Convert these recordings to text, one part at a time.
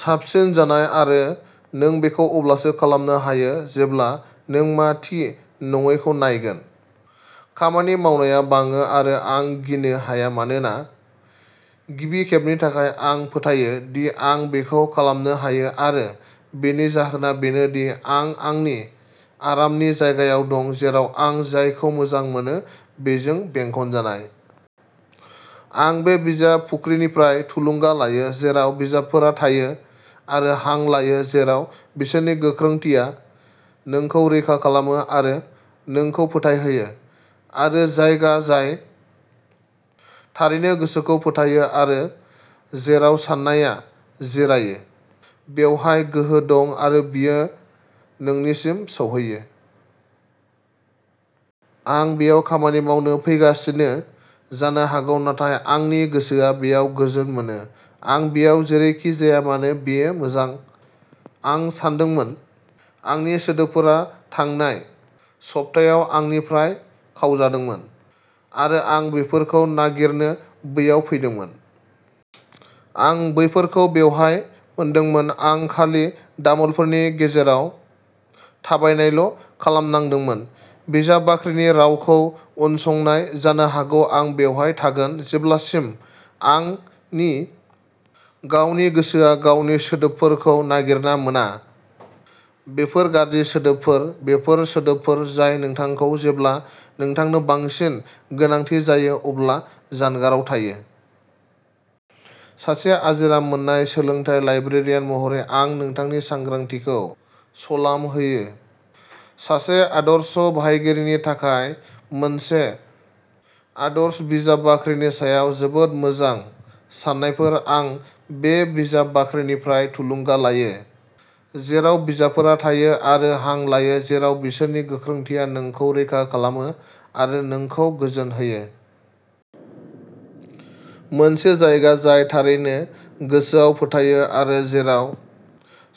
साबसिन जानाय आरो नों बेखौ अब्लासो खालामनो हायो जेब्ला नों मा थि नङैखौ नायगोन। खामानि मावनाया बाङो आरो आं गिनो हाया मानोना गिबि खेबनि थाखाय आं फोथायो दि आं बेखौ खालामनो हायो आरो बेनि जाहोना बेनो दि आं आंनि आरामनि जायगायाव दं जेराव आं जायखौ मोजां मोनो बेजों बेंखनजानाय। आं बे बिजाब बाख्रिनिफ्राय थुलुंगा लायो, जेराव बिजाबफोरा थायो आरो हां लायो, जेराव बिसोरनि गोख्रोंथिया नोंखौ रैखा खालामो आरो नोंखौ फोथायहोयो। मोनसे जायगा जाय थारैनो गोसोखौ फोथायो आरो जेराव साननाया जिरायो। बेवहाय गोहो दं आरो बेयो नोंसिम सौहैयो। आं बेयाव खामानि मावनो फैगासिनो जानो हागौ, नाथाय आंनि गोसोआ बेयाव गोजोन मोनो। आं बेयाव जेरैखि जाया मानो बेयो मोजां आं सान्दोंमोन आंनि सोदोबफोरा थांनाय सप्तायाव आंनिफ्राय खावजादोंमोन आरो आं बेफोरखौ नागिरनो बेयाव फैदोंमोन। आं बेफोरखौ बेवहाय मोनदोंमोन। आं खालि दामोलफोरनि गेजेराव थाबायनायल' खालामनांदोंमोन। बिजाब बाख्रिनि रावखौ उनसंनाय। जानो हागौ आं बेवहाय थागोन जेब्लासिम आंनि गावनि गोसोआ गावनि सोदोबफोरखौ नागिरना मोना। बेफोर गाज्रि सोदोबफोर, बेफोर सोदोबफोर जाय नोंथांखौ जेब्ला नोंथांनो बांसिन गोनांथि जायो अब्ला जानगाराव थायो। सासे आजिरा मोननाय सोलोंथाय लाइब्रेरियान महरै आं नोंथांनि सांग्रांथिखौ सलाम होयो। सासे आदर्श बाहायगिरिनि थाखाय मोनसे आदर्श बिजाब बाख्रिनि सायाव जोबोद मोजां साननायफोर आं बे बिजाब बाख्रिनिफ्राय थुलुंगा लायो जेराव बिजाबफोरा थायो आरो हां लायो, जेराव बिसोरनि गोख्रोंथिया नोंखौ रैखा खालामो आरो नोंखौ गोजोन होयो। मोनसे जायगा जाय थारैनो गोसोआव फोथायो आरो जेराव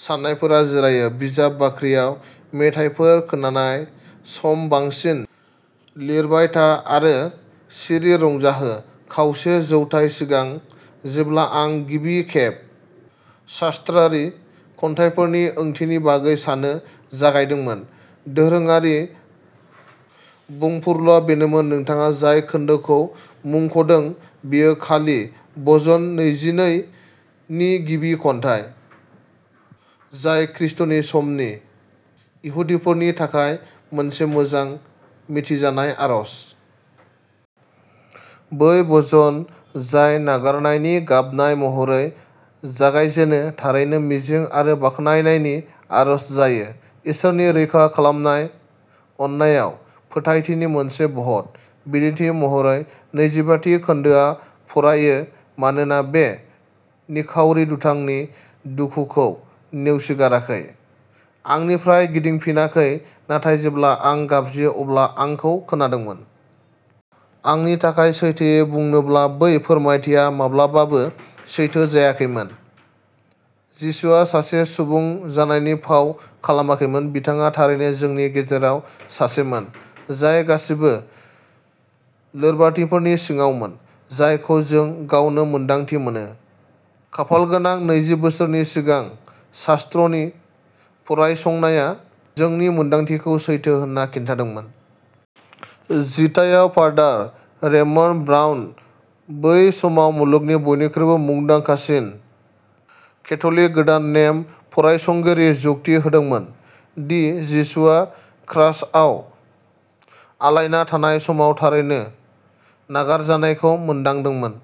साननायफोरा जिरायो। बिजाब बाख्रियाव मेथाइफोर खोनानाय समाव बांसिन लिरबाय था आरो सिरि रंजाहो खावसे जौथाय सिगां जेब्ला आं गिबि खेब शास्त्रारि खन्थाइफोरनि ओंथिनि बागै साननो जागायदोंमोन। दोरोङारि बुंफुरलुआ बेमोन नोंथाङा जाय खोनदोखौ मुंख'दों बेयो खालि भजन नैजिनै नि गिबि खन्थाइ, जाय ख्रिस्ट’नि समनि इहुदिफोरनि थाखाय मोनसे मोजां मिथिजानाय आरज। बै भजन जाय नागारनायनि गाबनाय महरै जागायजेनो थारैनो मिजिं आरो बाख्नायनायनि आरज जायो, इसोरनि रैखा खालामनाय अननायाव फोथायथिनि मोनसे भट। बिदिन्थि महरै, नैजिबाथि खोन्दोआ फरायो मानोना बे निखावरि दुथांनि दुखुखौ नेवसिगाराखै, आंनिफ्राय गिदिंफिनाखै, नाथाय जेब्ला आं गाबज्रियो अब्ला आंखौ खोनादोंमोन। आंनि थाखाय सैथोयै बुंनोब्ला, बै फोरमायथिया माब्लाबाबो सैथो जायाखैमोन। जिसुआ सासे सुबुं जानायनि फाव खालामाखैमोन। बिथाङा थारैनो जोंनि गेजेराव सासेमोन जाय गासैबो लोरबांथिफोरनि सिङावमोन जायखौ जों गावनो मोन्दांथि मोनो। खाफालगोनां नैजि बोसोरनि सिगां शास्त्रनि फरायसंनाया जोंनि मोनदांथिखौ सैथो होनना खिन्थादोंमोन। जिथाइयाव फादार रेमन्ड ब्राउन बै समाव मुलुगनि बयनिख्रुइबो मुंदांखासिन केथ'लिक गोदान नेम फरायसंगिरि जुक्ति होदोंमोन दि जिसुआ क्रसआव आलायना थानाय समाव थारैनो नागारजानायखौ मोनदांदोंमोन।